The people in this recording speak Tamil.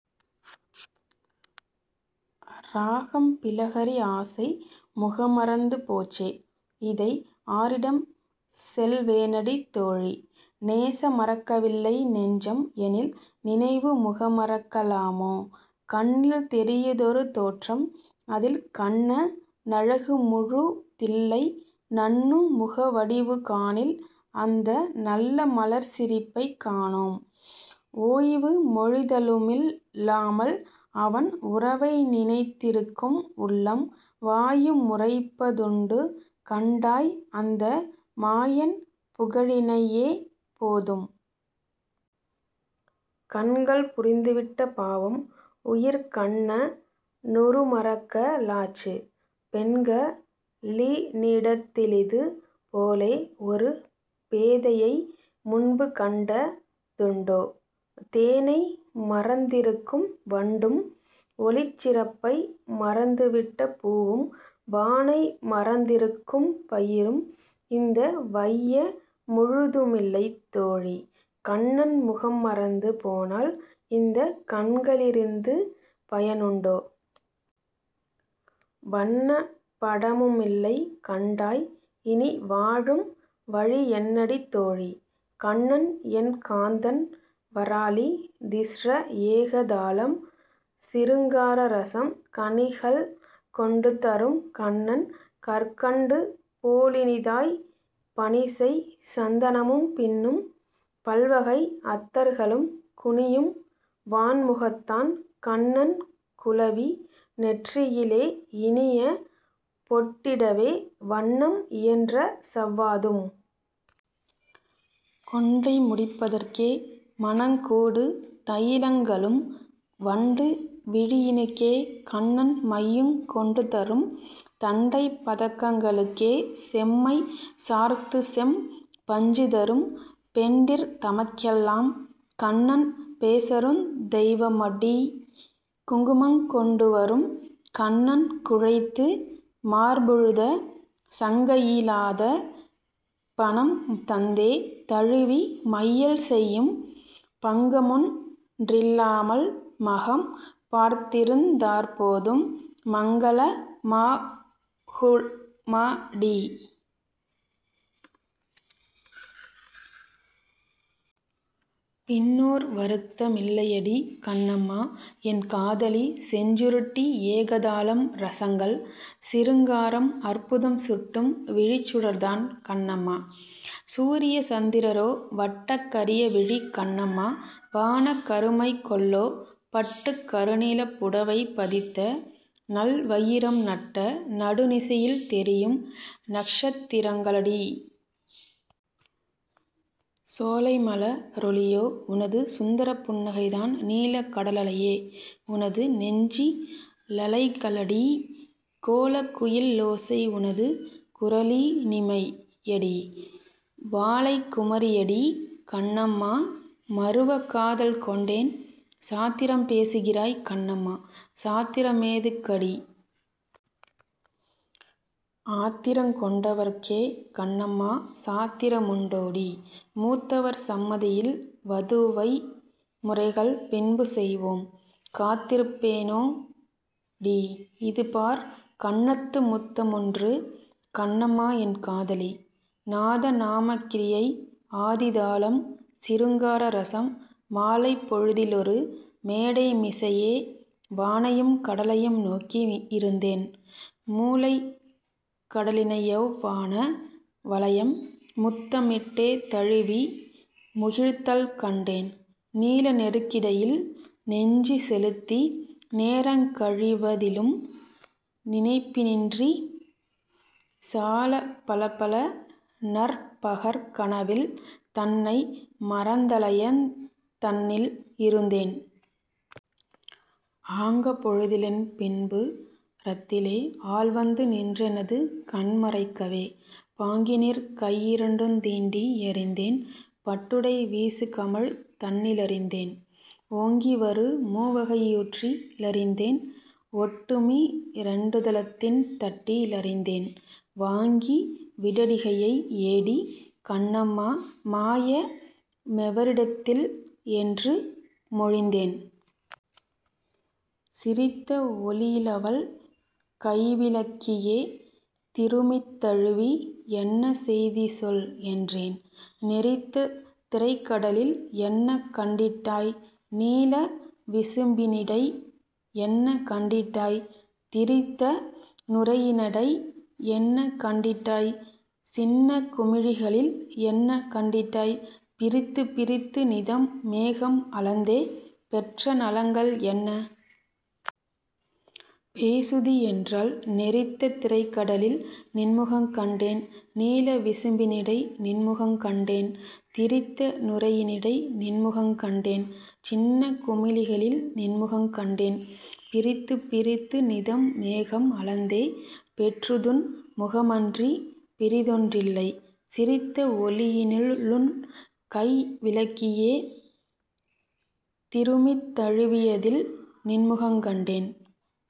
ராகம் பிலஹரி ஆசை முகமறந்து போச்சே இதை ஆரிடம் செல்வேனடி தோழி? நேச மறக்கவில்லை நெஞ்சம் எனில் நினைவு முகமறக்க லாமோ? கண்ணில் தெரியுதொரு தோற்றம் அதில் கண்ண னழகுமுழு தில்லை நண்ணு முகவடிவு காணில் அந்த நல்ல மலர்ச்சிரிப்பைக் காணோம். ஓய்வு மொழிதலுமில் லாமல் அவன் உறவை நினைத்திருக்கும் உள்ளம்; வாயு முரைப்ப துண்டு கண்டாய் அந்த மாயன் புகழினையெப் போதும். கண்கள் புரிந்துவிட்ட பாவம் உயிர்க் கண்ண னுருமறக்க லாச்சு; பெண்க ளினிடத்திலிது போலே ஒரு பேதையை முன்புகண்ட துண்டோ? தேனை மறந்திருக்கும் வண்டும் ஒளிச் சிறப்பை மறந்துவிட்ட பூவும் வானை மறந்திருக்கும் பயிரும் இந்த வைய முழுதுமில்லை தோழி!. கண்ணன் முகம்மறந்து போனால் இந்தக் கண்க ளிருந்து பயனுண்டோ? வண்ணப் படமுமில்லை கண்டாய் இனி வாழும் வழியென்னடி தோழி?. கண்ணன் என் காந்தன் வராளி திஸ்ர ஏக தாளம் சிருங்கார ரசம் கனிகள் கொண்டுதரும் கண்ணன் கற்கண்டு போலினிதாய்; பனிசெய் சந்தனமும் பின்னும் பல்வகை அத்தர்களும், குனியும் வாண்முகத்தான் கண்ணன் குலவி நெற்றியிலே இனிய பொட்டிடவே வண்ணம் இயன்ற சவ்வாதும். கொண்டை முடிப்பதற்கே; மணங் கூடு தயிலங்களும், வண்டு விழியினுக்கே கண்ணன் மையுங் கொண்டுதரும்; தண்டைப் பதங்களுக்கே செம்மை சார்த்துசெம் பஞ்சுதரும்; பெண்டிர் தமக்கெல்லாம் கண்ணன் பேசருந் தெய்வமடீ! குங்குமங் கொண்டுவரும் கண்ணன் குழைத்து மார்பொழுத; சங்கையி லாதபணம் தந்தே தழுவி மையல் செய்யும்; பங்கமொன் றில்லாமல் மகம் பார்த்திருந் தாற்போதும்; மங்கள மாகுமடீ! பின்னோர் வருத்த மில்லையடி!.. கண்ணம்மா என் காதலி செஞ்சுருட்டி ஏகதாளம் ரசங்கள்: சிருங்காரம், அற்புதம் சுட்டும் விழிச்சுடர் தான், கண்ணம்மா! சூரிய சந்திர ரோ? வட்டக் கரிய விழி, கண்ணம்மா! வானக் கருமை கொல்லோ? பட்டுக் கருநீலப் புடவை பதித்த நல் வயிரம் நட்ட நடு நிசியில் தெரியும் நக்ஷத் திரங்க ளடீ! சோலை மல ரொளியோ உனது சுந்தரப் புன்னகை தான் நீலக் கடலலையே உனது நெஞ்சி லலைக ளடீ! கோலக் குயி லோசை உனது குரலி னிமை யடீ! வாலைக் குமரி யடீ, கண்ணம்மா! மருவக் காதல் கொண்டேன். சாத்திரம் பேசுகிறாய், கண்ணம்மா! சாத்திர மேதுக் கடீ! ஆத்திரங் கொண்டவர்க்கே, கண்ணம்மா! சாத்திர முண்டோ டீ! மூத்தவர் சம்மதியில் வதுவை முறைகள் பின்பு செய்வோம்; காத்திருப் பேனோ டீ? இதுபார், கன்னத்து முத்த மொன்று!. கண்ணம்மா என் காதலி நாதநாமக்கிரியை ஆதிதாளம் சிருங்கார ரசம் மாலைப் பொழுதிலொரு மேடை மிசையே வானையும் கடலையும் நோக்கி யிருந்தேன்; மூலைக் கடலினையவ் வான வளையம் முத்தமிட் டேதழுவி முகிழ்த்தல் கண்டேன்; நீல நெருக்கிடையில் நெஞ்சு செலுத்தி, நேரங் கழிவ திலும் நினைப்பின்றியே சாலப் பலபல நற் பகற்கனவில் தன்னை மறந்தலயந் தன்னில் இருந்தேன். ஆங்கப் பொழுதிலென் பின்பு றத்திலே, ஆள்வந்து நின்றெனது கண்ம றைக்கவே, பாங்கினிற் கையிரண்டுந் தீண்டி யறிந்தேன். பட்டுடை வீசுகமழ் தன்னி லறிந்தேன், ஓங்கிவரு முவகை யூற்றி லறிந்தேன்; ஒட்டுமி ரண்டுளத்தின் தட்டி லறிந்தேன்; ''வாங்கி விடடிகையை யேடி கண்ணம்மா! மாய மெவரிடத்தில்? '' என்று மொழிந்தேன்.. சிரித்த ஒலியிலவள் கைவி லக்கியே திருமித் தழுவி ''என்ன செய்தி சொல்'' என்றேன்; ''நெரித்த திரைக்கடலில் என்ன கண்டிட்டாய்? நீல விசும்பினிடை என்ன கண்டிட்டாய்? திரித்த நுரையினிடை என்ன கண்டிட்டாய்? சின்னக் குமிழிகளில் என்ன கண்டிட்டாய்? பிரித்துப் பிரித்துநிதம் மேகம் அளந்தே பெற்ற நலங்கள் என்ன? பேசுதி'' என்றாள். ''நெரித்த திரைக்கடலில் நின்முகங் கண்டேன்; நீல விசும்பினிடை நின்முகங் கண்டேன்; திரித்த நுரையினிடை நின்முகங் கண்டேன்; சின்னக் குமிழிகளில் நின்முகங் கண்டேன்; பிரித்துப் பிரித்துநிதம் மேகம் அளந்தே பெற்றுதுன் முகமன்றிப் பிறிதொன் றில்லை; சிரித்த ஒலியினிலுன் கைவி லக்கியே, திருமித் தழுவியதில் நின்முகங் கண்டேன்''..